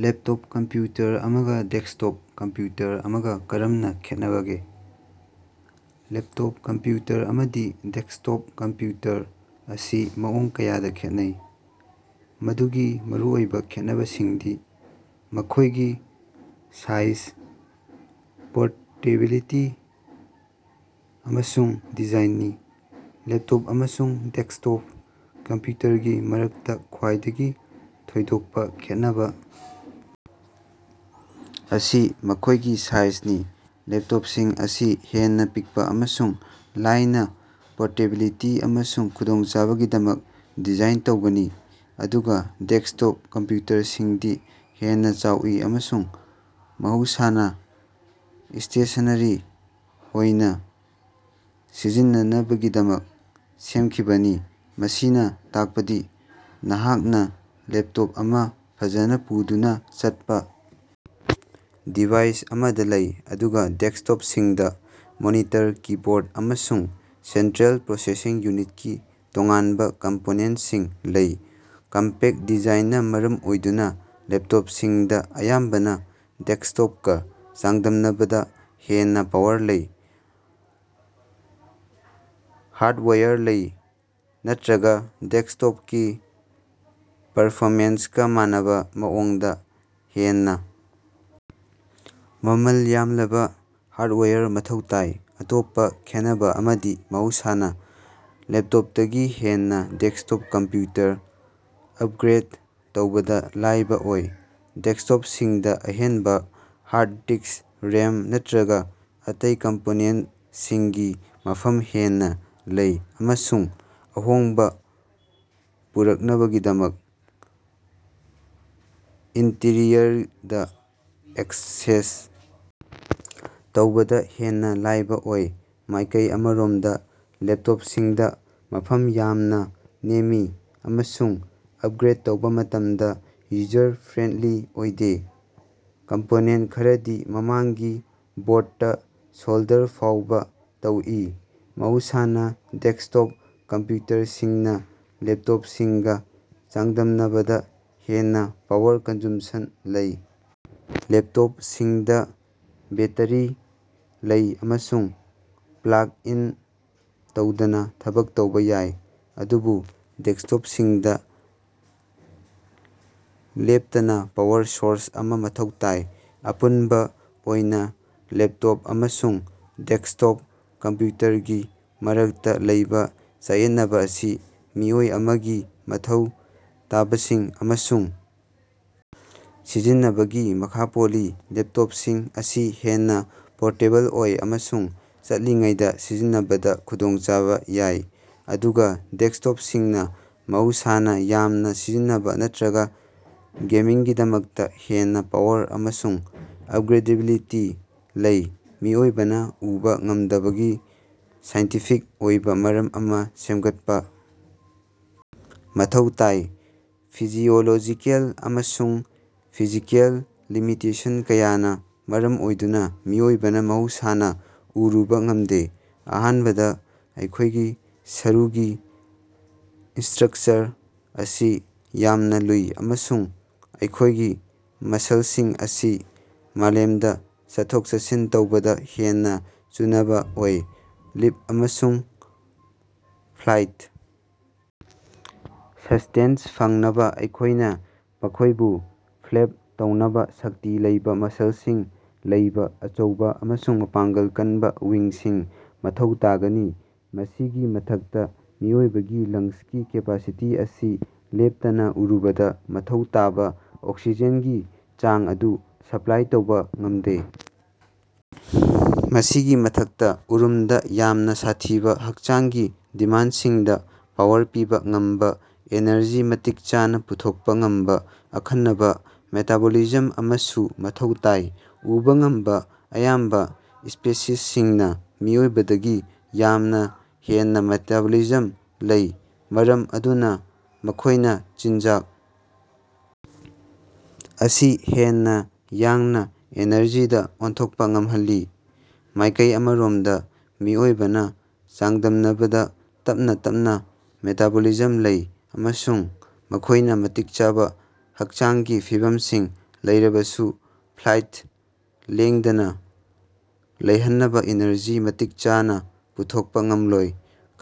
Laptop computer ꯑꯃꯒꯥ desktop computer ꯑꯃꯒꯥ ꯀꯔꯝꯅꯥ ꯈꯦꯠꯅꯕꯒꯦ? ꯂꯦꯞꯇꯣꯞ ꯀꯝꯄ꯭ꯌꯨꯇꯔ ꯑꯃꯗꯤ ꯗꯦꯛꯁꯇꯣꯞ ꯀꯝꯄ꯭ꯌꯨꯇꯔ ꯑꯁꯤ ꯃꯑꯣꯡ ꯀꯌꯥꯗꯥ ꯈꯦꯠꯅꯩ, ꯃꯗꯨꯒꯤ ꯃꯔꯨꯑꯣꯏꯕꯥ ꯈꯦꯠꯅꯕꯁꯤꯡꯗꯤ ꯃꯈꯣꯏꯒꯤ ꯁꯥꯏꯖ, ꯄꯣꯔꯇꯦꯕꯤꯂꯤꯇꯤ ꯑꯃꯁꯨꯡ ꯗꯤꯖꯥꯏꯟꯅꯤ꯫ ꯂꯦꯞꯇꯣꯞ ꯑꯃꯁꯨꯡ ꯗꯦꯛꯁꯇꯣꯞ ꯀꯝꯄ꯭ꯌꯨꯇꯔꯒꯤ ꯃꯔꯛꯇꯥ ꯈ꯭ꯋꯥꯏꯗꯒꯤ ꯊꯣꯏꯗꯣꯛꯄꯥ ꯈꯦꯠꯅꯕꯥ ꯑꯁꯤ ꯃꯈꯣꯏꯒꯤ ꯁꯥꯏꯖꯅꯤ꯫ ꯂꯦꯞꯇꯣꯞꯁꯤꯡ ꯑꯁꯤ ꯍꯦꯟꯅꯥ ꯄꯤꯛꯄꯥ ꯑꯃꯁꯨꯡ ꯂꯥꯏꯅꯥ, ꯄꯣꯔꯇꯦꯕꯤꯂꯤꯇꯤ ꯑꯃꯁꯨꯡ ꯈꯨꯗꯣꯡꯆꯥꯅꯕꯒꯤꯗꯃꯛ ꯗꯤꯖꯥꯏꯟ ꯇꯧꯕꯅꯤ, ꯑꯗꯨꯒꯥ ꯗꯦꯛꯁꯇꯣꯞ ꯀꯝꯄ꯭ꯌꯨꯇꯔꯁꯤꯡꯗꯤ ꯍꯦꯟꯅꯥ ꯆꯥꯎꯏ ꯑꯃꯁꯨꯡ ꯃꯍꯧꯁꯥꯅꯥ ꯁ꯭ꯇꯦꯁꯅꯦꯔꯤ ꯑꯣꯏꯅꯥ ꯁꯤꯖꯤꯟꯅꯅꯕꯒꯤꯗꯃꯛ ꯁꯦꯝꯈꯤꯕꯅꯤ꯫ ꯃꯁꯤꯅꯥ ꯇꯥꯛꯄꯗꯤ ꯅꯍꯥꯛꯅꯥ ꯂꯦꯞꯇꯣꯞ ꯑꯃꯥ ꯐꯖꯅꯥ ꯄꯨꯗꯨꯅꯥ ꯆꯠꯄꯥ ꯗꯤꯚꯥꯏꯁ ꯑꯃꯗꯥ ꯂꯩ, ꯑꯗꯨꯒꯥ ꯗꯦꯛꯁꯇꯣꯞꯁꯤꯡꯗꯥ ꯃꯣꯅꯤꯇꯔ, ꯀꯤꯕꯣꯔꯠ ꯑꯃꯁꯨꯡ ꯁꯦꯟꯇ꯭ꯔꯦꯜ ꯄ꯭ꯔꯣꯁꯦꯁꯤꯡ ꯌꯨꯅꯤꯠꯀꯤ ꯇꯣꯉꯥꯟꯕꯥ ꯀꯝꯄꯣꯅꯦꯟꯁꯤꯡ ꯂꯩ꯫ ꯀꯝꯄꯦꯛ ꯗꯤꯖꯥꯏꯟꯅꯥ ꯃꯔꯝ ꯑꯣꯏꯗꯨꯅꯥ, ꯂꯦꯞꯇꯣꯞꯁꯤꯡꯗꯥ ꯑꯌꯥꯝꯕꯅꯥ ꯗꯦꯛꯁꯇꯣꯞꯀꯥ ꯆꯥꯡꯗꯝꯅꯕꯗꯥ ꯍꯦꯟꯅꯥ ꯄꯥꯋꯔ ꯂꯩꯕꯥ ꯍꯥꯔꯠꯋꯥꯌꯔ ꯂꯩ, ꯅꯠꯇ꯭ꯔꯒꯥ ꯗꯦꯛꯁꯇꯣꯞꯀꯤ ꯄꯔꯐꯣꯃꯦꯟꯁꯀꯥ ꯃꯥꯟꯅꯕꯥ ꯃꯑꯣꯡꯗꯥ ꯍꯦꯟꯅꯥ ꯃꯃꯜ ꯌꯥꯝꯂꯕꯥ ꯍꯥꯔꯠꯋꯥꯌꯔ ꯃꯊꯧ ꯇꯥꯏ꯫ ꯑꯇꯣꯞꯄꯥ ꯈꯦꯟꯅꯕꯥ ꯑꯃꯗꯤ ꯃꯍꯧꯁꯥꯅꯥ ꯂꯦꯞꯇꯣꯞꯇꯒꯤ ꯍꯦꯟꯅꯥ ꯗꯦꯛꯁꯇꯣꯞ ꯀꯝꯄ꯭ꯌꯨꯇꯔ ꯑꯞꯒ꯭ꯔꯦꯠ ꯇꯧꯕꯗꯥ ꯂꯥꯏꯕꯥ ꯑꯣꯏ꯫ ꯗꯦꯛꯁꯇꯣꯞꯁꯤꯡꯗꯥ ꯑꯍꯦꯟꯕꯥ ꯍꯥꯔꯠ ꯗꯤꯛꯁ, ꯔꯦꯝ, ꯅꯠꯇ꯭ꯔꯒꯥ ꯑꯇꯩ ꯀꯝꯄꯣꯅꯦꯟꯇꯁꯤꯡꯒꯤ ꯃꯐꯝ ꯍꯦꯟꯅꯥ ꯂꯩ ꯑꯃꯁꯨꯡ ꯑꯍꯣꯡꯕꯥ ꯄꯨꯔꯛꯅꯕꯒꯤꯗꯃꯛ ꯏꯟꯇꯤꯔꯤꯌꯔꯗꯥ ꯑꯦꯛꯁꯦꯁ ꯇꯧꯕꯗꯥ ꯍꯦꯟꯅꯥ ꯂꯥꯏꯕꯥ ꯑꯣꯏ꯫ ꯃꯥꯏꯀꯩ ꯑꯃꯔꯣꯝꯗꯥ ꯂꯦꯞꯇꯣꯞꯁꯤꯡꯗꯥ ꯃꯐꯝ ꯌꯥꯝꯅꯥ ꯅꯦꯝꯃꯤ ꯑꯃꯁꯨꯡ ꯑꯞꯒ꯭ꯔꯦꯠ ꯇꯧꯕꯥ ꯃꯇꯝꯗꯥ ꯌꯨꯖꯔ ꯐ꯭ꯔꯦꯟꯂꯤ ꯑꯣꯏꯗꯦ, ꯀꯝꯄꯣꯅꯦꯟ ꯈꯔꯗꯤ ꯃꯃꯥꯡꯒꯤ ꯕꯣꯔꯠꯇꯥ ꯁꯣꯜꯗꯔ ꯐꯥꯎꯕꯥ ꯇꯧꯏ꯫ ꯃꯍꯧꯁꯥꯅꯥ ꯗꯦꯛꯁꯇꯣꯞ ꯀꯝꯄ꯭ꯌꯨꯇꯔꯁꯤꯡꯅꯥ ꯂꯦꯞꯇꯣꯞꯁꯤꯡꯒꯥ ꯆꯥꯡꯗꯝꯅꯕꯗꯥ ꯍꯦꯟꯅꯥ ꯄꯥꯋꯔ ꯀꯟꯖꯨꯝꯁꯟ ꯂꯩ꯫ ꯂꯦꯞꯇꯣꯞꯁꯤꯡꯗꯥ ꯕꯦꯠꯇꯔꯤ ꯂꯩ ꯑꯃꯁꯨꯡ ꯄ꯭ꯂꯛ ꯏꯟ ꯇꯧꯗꯅꯥ ꯊꯕꯛ ꯇꯧꯕꯥ ꯌꯥꯏ, ꯑꯗꯨꯕꯨ ꯗꯦꯛꯁꯇꯣꯞꯁꯤꯡꯗꯥ ꯂꯦꯞꯇꯅꯥ ꯄꯥꯋꯔ ꯁꯣꯔꯁ ꯑꯃꯥ ꯃꯊꯧ ꯇꯥꯏ꯫ ꯑꯄꯨꯟꯕꯥ ꯑꯣꯏꯅꯥ ꯂꯦꯞꯇꯣꯞ ꯑꯃꯁꯨꯡ ꯗꯦꯛꯁꯇꯣꯞ ꯀꯝꯄ꯭ꯌꯨꯇꯔꯒꯤ ꯃꯔꯛꯇꯥ ꯂꯩꯕꯥ ꯆꯌꯦꯠꯅꯕꯥ ꯑꯁꯤ ꯃꯤꯑꯣꯏ ꯑꯃꯒꯤ ꯃꯊꯧ ꯇꯥꯕꯁꯤꯡ ꯑꯃꯁꯨꯡ ꯁꯤꯖꯤꯟꯅꯕꯒꯤ ꯃꯈꯥ ꯄꯣꯜꯂꯤ꯫ ꯂꯦꯞꯇꯣꯞꯁꯤꯡ ꯑꯁꯤ ꯍꯦꯟꯅꯥ ꯄꯣꯔꯇꯦꯕꯜ ꯑꯣꯏ ꯑꯃꯁꯨꯡ ꯆꯠꯂꯤꯉꯩꯗꯥ ꯁꯤꯖꯤꯟꯅꯕꯗꯥ ꯈꯨꯗꯣꯡꯆꯥꯕꯥ ꯌꯥꯏ, ꯑꯗꯨꯒꯥ ꯗꯦꯛꯁꯇꯣꯞꯁꯤꯡꯅꯥ ꯃꯍꯧꯁꯥꯅꯥ ꯌꯥꯝꯅꯥ ꯁꯤꯖꯤꯟꯅꯕꯥ ꯅꯠꯇ꯭ꯔꯒꯥ ꯒꯦꯃꯤꯡꯒꯤꯗꯃꯛꯇꯥ ꯍꯦꯟꯅꯥ ꯄꯥꯋꯔ ꯑꯃꯁꯨꯡ ꯑꯞꯒ꯭ꯔꯦꯗꯦꯕꯤꯂꯤꯇꯤ ꯂꯩ꯫ ꯃꯤꯑꯣꯏꯕꯅꯥ ꯎꯕꯥ ꯉꯝꯗꯕꯒꯤ ꯁꯥꯏꯟꯇꯤꯐꯤꯛ ꯑꯣꯏꯕꯥ ꯃꯔꯝ ꯑꯃꯥ ꯁꯦꯝꯒꯠꯄꯥ ꯃꯊꯧ ꯇꯥꯏ꯫ ꯐꯤꯖꯤꯑꯣꯂꯣꯖꯤꯀꯦꯜ ꯑꯃꯁꯨꯡ ꯐꯤꯖꯤꯀꯦꯜ ꯂꯤꯃꯤꯇꯦꯁꯟ ꯀꯌꯥꯅꯥ ꯃꯔꯝ ꯑꯣꯏꯗꯨꯅꯥ ꯃꯤꯑꯣꯏꯕꯅꯥ ꯃꯍꯧꯁꯥꯅꯥ ꯎꯔꯨꯕꯥ ꯉꯝꯗꯦ꯫ ꯑꯍꯥꯟꯕꯗꯥ, ꯑꯩꯈꯣꯏꯒꯤ ꯁꯔꯨꯒꯤ ꯏꯁꯇ꯭ꯔꯛꯆꯔ ꯑꯁꯤ ꯌꯥꯝꯅꯥ ꯂꯨꯏ ꯑꯃꯁꯨꯡ ꯑꯩꯈꯣꯏꯒꯤ ꯃꯁꯜꯁꯤꯡ ꯑꯁꯤ ꯃꯥꯂꯦꯝꯗꯥ ꯆꯠꯊꯣꯛ-ꯆꯠꯁꯤꯟ ꯇꯧꯕꯗꯥ ꯍꯦꯟꯅꯥ ꯆꯨꯅꯕꯥ ꯑꯣꯏ꯫ ꯂꯤꯞ ꯑꯃꯁꯨꯡ ꯐ꯭ꯂꯥꯏꯠ ꯁꯁ꯭ꯇꯦꯟꯁ ꯐꯪꯅꯕꯥ ꯑꯩꯈꯣꯏꯅꯥ ꯃꯈꯣꯏꯕꯨ ꯐ꯭ꯂꯦꯞ ꯇꯧꯅꯕꯥ ꯁꯛꯇꯤ ꯂꯩꯕꯥ ꯃꯁꯜꯁꯤꯡ ꯂꯩꯕꯥ ꯑꯆꯧꯕꯥ ꯑꯃꯁꯨꯡ ꯃꯄꯥꯡꯒꯜ ꯀꯟꯕꯥ ꯋꯤꯡꯁꯤꯡ ꯃꯊꯧ ꯇꯥꯒꯅꯤ꯫ ꯃꯁꯤꯒꯤ ꯃꯊꯛꯇꯥ, ꯃꯤꯑꯣꯏꯕꯒꯤ ꯂꯪꯁꯀꯤ ꯀꯦꯄꯥꯁꯤꯇꯤ ꯑꯁꯤ ꯂꯦꯞꯇꯅꯥ ꯎꯔꯨꯕꯗꯥ ꯃꯊꯧ ꯇꯥꯕꯥ ꯑꯣꯛꯁꯤꯖꯦꯟꯒꯤ ꯆꯥꯡ ꯑꯗꯨ ꯁꯄ꯭ꯂꯥꯏ ꯇꯧꯕꯥ ꯉꯝꯗꯦ꯫ ꯃꯁꯤꯒꯤ ꯃꯊꯛꯇꯥ, ꯎꯔꯨꯝꯗꯥ ꯌꯥꯝꯅꯥ ꯁꯥꯊꯤꯕꯥ ꯍꯛꯆꯥꯡꯒꯤ ꯗꯤꯃꯥꯟꯗꯁꯤꯡꯗꯥ ꯄꯥꯋꯔ ꯄꯤꯕꯥ ꯉꯝꯕꯥ ꯑꯦꯅꯔꯖꯤ ꯃꯇꯤꯛ ꯆꯥꯅꯥ ꯄꯨꯊꯣꯛꯄꯥ ꯉꯝꯕꯥ ꯑꯈꯟꯅꯕꯥ ꯃꯦꯇꯥꯕꯣꯂꯤꯖꯝ ꯑꯃꯁꯨ ꯃꯊꯧ ꯇꯥꯏ꯫ ꯎꯕꯥ ꯉꯝꯕꯥ ꯑꯌꯥꯝꯕꯥ ꯁ꯭ꯄꯦꯁꯤꯁꯁꯤꯡꯅꯥ ꯃꯤꯑꯣꯏꯕꯗꯒꯤ ꯌꯥꯝꯅꯥ ꯍꯦꯟꯅꯥ ꯃꯦꯇꯥꯕꯣꯂꯤꯖꯝ ꯂꯩ, ꯃꯔꯝ ꯑꯗꯨꯅꯥ ꯃꯈꯣꯏꯅꯥ ꯆꯤꯟꯖꯥꯛ ꯑꯁꯤ ꯍꯦꯟꯅꯥ ꯌꯥꯡꯅꯥ ꯑꯦꯅꯔꯖꯤꯗꯥ ꯑꯣꯟꯊꯣꯛꯄꯥ ꯉꯝꯍꯜꯂꯤ꯫ ꯃꯥꯏꯀꯩ ꯑꯃꯔꯣꯝꯗꯥ ꯃꯤꯑꯣꯏꯕꯅꯥ ꯆꯥꯡꯗꯝꯅꯕꯗꯥ ꯇꯞꯅꯥ ꯇꯞꯅꯥ ꯃꯦꯇꯥꯕꯣꯂꯤꯖꯝ ꯂꯩ ꯑꯃꯁꯨꯡ ꯃꯈꯣꯏꯅꯥ ꯃꯇꯤꯛ ꯆꯥꯕꯥ ꯍꯛꯆꯥꯡꯒꯤ ꯐꯤꯕꯝꯁꯤꯡ ꯂꯩꯔꯕꯁꯨ ꯐ꯭ꯂꯥꯏꯠ ꯂꯦꯡꯗꯅꯥ ꯂꯩꯍꯟꯅꯕꯥ ꯏꯅꯔꯖꯤ ꯃꯇꯤꯛ ꯆꯥꯅꯥ ꯄꯨꯊꯣꯛꯄꯥ ꯉꯝꯂꯣꯏ꯫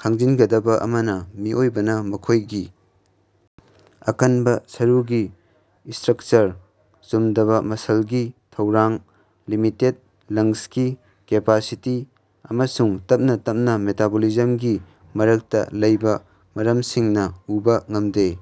ꯈꯪꯖꯤꯟꯒꯗꯕꯥ ꯑꯃꯅꯥ, ꯃꯤꯑꯣꯏꯕꯅꯥ ꯃꯈꯣꯏꯒꯤ ꯑꯀꯟꯕꯥ ꯁꯔꯨꯒꯤ ꯏꯁꯇ꯭ꯔꯛꯆꯔ, ꯆꯨꯝꯗꯕꯥ ꯃꯁꯜꯒꯤ ꯊꯧꯔꯥꯡ, ꯂꯤꯃꯤꯇꯦꯠ ꯂꯪꯁꯀꯤ ꯀꯦꯄꯥꯁꯤꯇꯤ ꯑꯃꯁꯨꯡ ꯇꯞꯅꯥ ꯇꯞꯅꯥ ꯃꯦꯇꯥꯕꯣꯂꯤꯖꯝꯒꯤ ꯃꯔꯛꯇꯥ ꯂꯩꯕꯥ ꯃꯔꯝꯁꯤꯡꯅꯥ ꯎꯕꯥ ꯉꯝꯗꯦ꯫